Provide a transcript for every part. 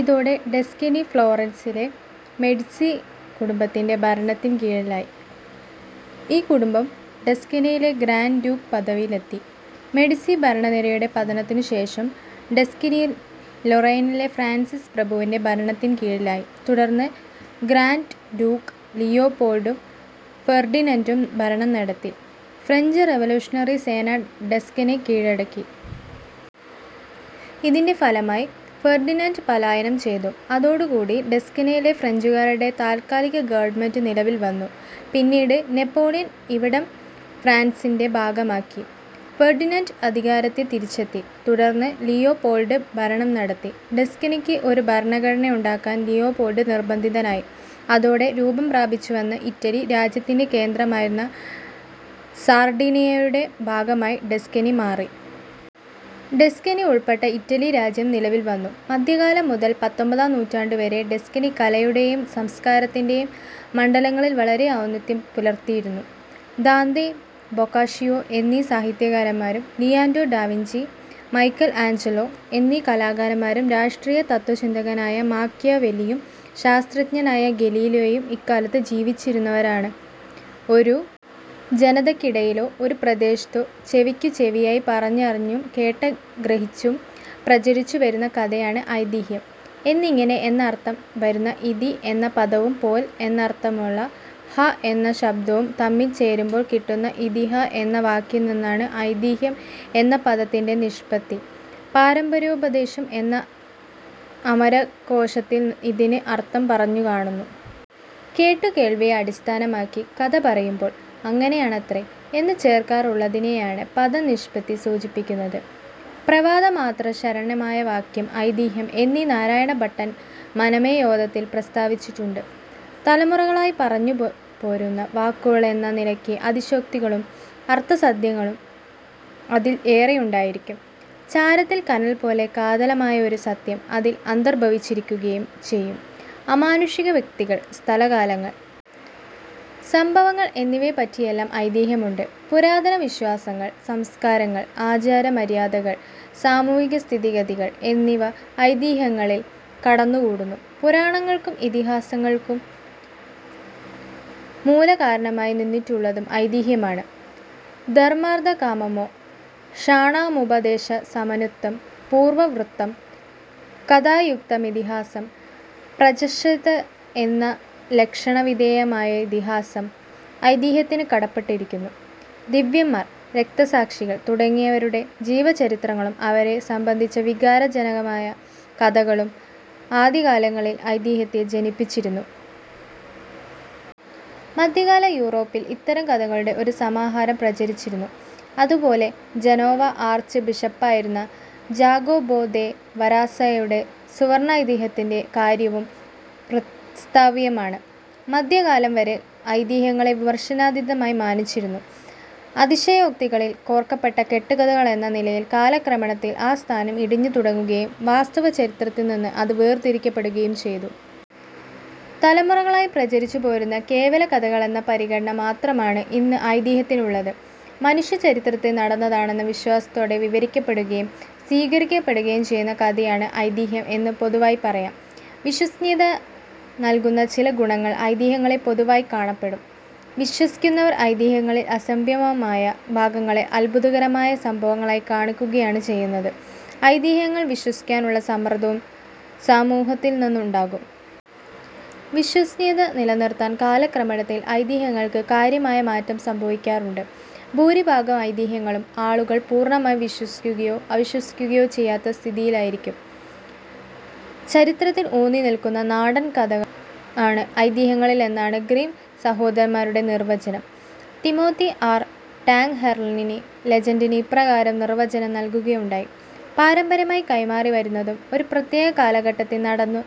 ഇതോടെ Tuscany ഫ്ലോറൻസിലെ Medici കുടുംബത്തിൻ്റെ ഭരണത്തിൻ കീഴിലായി. ഈ കുടുംബം ടസ്കനിയിലെ ഗ്രാൻഡ് ഡ്യൂക്ക് പദവിയിലെത്തി. മെഡിസി ഭരണനിരയുടെ പതനത്തിനുശേഷം ടസ്കനി ലൊറെയ്നിലെ ഫ്രാൻസിസ് പ്രഭുവിൻ്റെ ഭരണത്തിൻകീഴിലായി. തുടർന്ന് ഗ്രാൻഡ് ഡ്യൂക്ക് ലിയോപോൾഡും ഫെർഡിനന്റും ഭരണം നടത്തി. ഫ്രഞ്ച് റവല്യൂഷണറി സേന ടസ്കനി കീഴടക്കി. ഇതിൻ്റെ ഫലമായി ഫെർഡിനന്റ് പലായനം ചെയ്തു. അതോടുകൂടി ടസ്കനിയിൽ ഫ്രഞ്ചുകാരുടെ താത്കാലിക ഗവൺമെന്റ് നിലവിൽ വന്നു. പിന്നീട് നെപ്പോളിയൻ ഇവിടം ഫ്രാൻസിൻ്റെ ഭാഗമാക്കി. ഫെർഡിനന്റ് അധികാരത്തിൽ തിരിച്ചെത്തി. തുടർന്ന് ലിയോപോൾഡ് ഭരണം നടത്തി. ടസ്കനിക്ക് ഒരു ഭരണഘടനയുണ്ടാക്കാൻ ലിയോപോൾഡ് നിർബന്ധിതനായി. അതോടെ രൂപംപ്രാപിച്ചുവന്ന ഇറ്റലി രാജ്യത്തിൻ്റെ കേന്ദ്രമായിരുന്ന സാർഡീനിയയുടെ ഭാഗമായി ടസ്കനി മാറി. ടസ്കനി ഉൾപ്പെട്ട ഇറ്റലി രാജ്യം നിലവിൽവന്നു. മധ്യകാലം മുതൽ പത്തൊൻപതാം നൂറ്റാണ്ടുവരെ ടസ്കനി കലയുടെയും സംസ്കാരത്തിൻ്റെ യും മണ്ഡലങ്ങളിൽ വളരെ ഔന്നത്യം പുലർത്തിയിരുന്നു. ദാന്തെ. ബൊക്കാഷിയോ എന്നീ സാഹിത്യകാരന്മാരും ലിയനാർഡോ ഡാവിഞ്ചി. മൈക്കൽ ആഞ്ചലോ എന്നീ കലാകാരന്മാരും രാഷ്ട്രീയ തത്ത്വചിന്തകനായ മാക്കിയവെല്ലിയും ശാസ്ത്രജ്ഞനായ ഗലീലിയോയും ഇക്കാലത്ത് ജീവിച്ചിരുന്നവരാണ്. ഒരു ജനതയ്ക്കിടയിലോ ഒരു പ്രദേശത്തോ ചെവിക്കുചെവിയായി പറഞ്ഞറിഞ്ഞും കേട്ടുഗ്രഹിച്ചും പ്രചരിച്ചുവരുന്ന കഥയാണ് ഐതിഹ്യം. എന്നിങ്ങനെ എന്നർഥം വരുന്ന ഇതി എന്ന പദവും പോൽ എന്നർഥമുള്ള ഹ എന്ന ശബ്ദവും തമ്മിൽ ചേരുമ്പോൾ കിട്ടുന്ന ഇതിഹ എന്ന വാക്കിൽനിന്നാണ് ഐതിഹ്യം എന്ന പദത്തിൻ്റെ നിഷ്പത്തി. പാരമ്പര്യോപദേശം എന്ന് അമരകോശത്തിൽ ഇതിന് അർഥം പറഞ്ഞുകാണുന്നു. കേട്ടുകേൾവിയെ അടിസ്ഥാനമാക്കി കഥ പറയുമ്പോൾ അങ്ങനെയാണത്രേ എന്നു ചേർക്കാറുള്ളതിനെയാണ് പദനിഷ്പത്തി സൂചിപ്പിക്കുന്നത്. പ്രവാദമാത്രശരണമായ വാക്യം ഐതിഹ്യം എന്ന് നാരായണഭട്ടൻ മനമേയോദയത്തിൽ പ്രസ്താവിച്ചിട്ടുണ്ട്. തലമുറകളായി പറഞ്ഞുപോരുന്ന വാക്കുകളെന്ന നിലയ്ക്ക് അതിശയോക്തികളും അർധസത്യങ്ങളും അതിൽ ഏറെയുണ്ടായിരിക്കും. ചാരത്തിൽ കനൽപോലെ കാതലായ ഒരു സത്യം അതിൽ അന്തർഭവിച്ചിരിക്കുകയും ചെയ്യും. അമാനുഷിക വ്യക്തികൾ. സ്ഥലകാലങ്ങൾ. സംഭവങ്ങൾ എന്നിവയെപ്പറ്റിയെല്ലാം ഐതിഹ്യമുണ്ട്. പുരാതന വിശ്വാസങ്ങൾ. സംസ്കാരങ്ങൾ. ആചാരമര്യാദകൾ. സാമൂഹികസ്ഥിതിഗതികൾ എന്നിവ ഐതിഹ്യങ്ങളിൽ കടന്നുകൂടുന്നു. പുരാണങ്ങൾക്കും ഇതിഹാസങ്ങൾക്കും മൂലകാരണമായി നിന്നിട്ടുള്ളതും ഐതിഹ്യമാണ്. ധർമാർഥകാമമോക്ഷാണാമുപദേശസമന്വിതം പൂർവവൃത്തം കഥായുക്തമിതിഹാസം പ്രചക്ഷതേ എന്ന ലക്ഷണവിധേയമായ ഇതിഹാസം ഐതിഹ്യത്തിനു കടപ്പെട്ടിരിക്കുന്നു. ദിവ്യന്മാർ. രക്തസാക്ഷികൾ തുടങ്ങിയവരുടെ ജീവചരിത്രങ്ങളും അവരെ സംബന്ധിച്ച വികാരജനകങ്ങളായ കഥകളും ആദ്യകാലങ്ങളിൽ ഐതിഹ്യത്തെ ജനിപ്പിച്ചിരുന്നു. മധ്യകാല യൂറോപ്പിൽ ഇത്തരം കഥകളുടെ ഒരു സമാഹാരം പ്രചരിച്ചിരുന്നു. അതുപോലെ ജനോവ ആർച്ച് ബിഷപ്പായിരുന്ന ജാകൊപോ ദെ വരാസ്സായുടെ സുവർണൈതിഹ്യത്തിൻ്റെ കാര്യവും പ്രസ്താവ്യമാണ്. മധ്യകാലം വരെ ഐതിഹ്യങ്ങളെ വിമർശനാതീതമായി മാനിച്ചിരുന്നു. അതിശയോക്തികളിൽ കോർക്കപ്പെട്ട കെട്ടുകഥകളെന്ന നിലയിൽ കാലക്രമത്തിൽ ആ സ്ഥാനം ഇടിഞ്ഞുതുടങ്ങുകയും വാസ്തവചരിത്രത്തിൽനിന്ന് അത് വേർതിരിക്കപ്പെടുകയും ചെയ്തു. തലമുറകളായി പ്രചരിച്ചുപോരുന്ന കേവലകഥകളെന്ന പരിഗണന മാത്രമാണ് ഇന്ന് ഐതിഹ്യത്തിനുള്ളത്. മനുഷ്യചരിത്രത്തിൽ നടന്നതാണെന്ന വിശ്വാസത്തോടെ വിവരിക്കപ്പെടുകയും സ്വീകരിക്കപ്പെടുകയും ചെയ്യുന്ന കഥയാണ് ഐതിഹ്യം എന്ന് പൊതുവായി പറയാം. വിശ്വസനീയത നൽകുന്ന ചില ഗുണങ്ങൾ ഐതിഹ്യങ്ങളിൽ പൊതുവായി കാണപ്പെടും. വിശ്വസിക്കുന്നവർ ഐതിഹ്യങ്ങളിലെ അസംഭവ്യമായ ഭാഗങ്ങളെ അത്ഭുതകരമായ സംഭവങ്ങളായി കണക്കാക്കുകയാണ് ചെയ്യുന്നത്. ഐതിഹ്യങ്ങൾ വിശ്വസിക്കാനുള്ള സമ്മർദവും സമൂഹത്തിൽനിന്നുണ്ടാകും. വിശ്വസനീയത നിലനിർത്താൻ കാലക്രമത്തിൽ ഐതിഹ്യങ്ങൾക്ക് കാര്യമായ മാറ്റം സംഭവിക്കാറുണ്ട്. ഭൂരിഭാഗം ഐതിഹ്യങ്ങളും ആളുകൾ പൂർണമായി വിശ്വസിക്കുകയോ അവിശ്വസിക്കുകയോ ചെയ്യാത്ത സ്ഥിതിയിലായിരിക്കും. ചരിത്രത്തിൽ ഊന്നിനിൽക്കുന്ന നാടൻകഥകളാണ് ഐതിഹ്യങ്ങളെന്നാണ് ഗ്രിം സഹോദരന്മാരുടെ നിർവചനം. Timothy R. ടാങ്ഹെർലിനി ലെജന്റിന് ഇപ്രകാരം നിർവചനം നൽകുകയുണ്ടായി. പാരമ്പര്യമായി കൈമാറിവരുന്നതും ഒരു പ്രത്യേക കാലഘട്ടത്തിൽ നടന്നു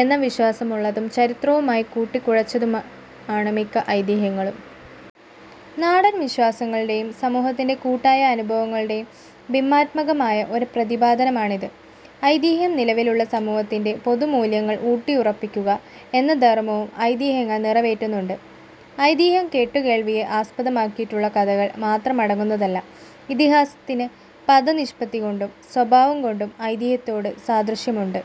എന്ന വിശ്വാസമുള്ളതും ചരിത്രവുമായി കൂട്ടിക്കുഴച്ചതുമാണ് മിക്ക ഐതിഹ്യങ്ങളും. നാടൻ വിശ്വാസങ്ങളുടെയും സമൂഹത്തിൻ്റെ കൂട്ടായ അനുഭവങ്ങളുടെയും ബിംബാത്മകമായ ഒരു പ്രതിപാദനമാണിത്. ഐതിഹ്യം നിലവിലുള്ള സമൂഹത്തിൻ്റെ പൊതുമൂല്യങ്ങൾ ഊട്ടിയുറപ്പിക്കുക എന്ന ധർമവും ഐതിഹ്യങ്ങൾ നിറവേറ്റുന്നുണ്ട്. ഐതിഹ്യം കേട്ടുകേൾവിയെ ആസ്പദമാക്കിയുള്ള കഥകൾ മാത്രം അടങ്ങുന്നതല്ല. ഇതിഹാസത്തിന് പദനിഷ്പത്തികൊണ്ടും സ്വഭാവംകൊണ്ടും ഐതിഹ്യത്തോട് സാദൃശ്യമുണ്ട്.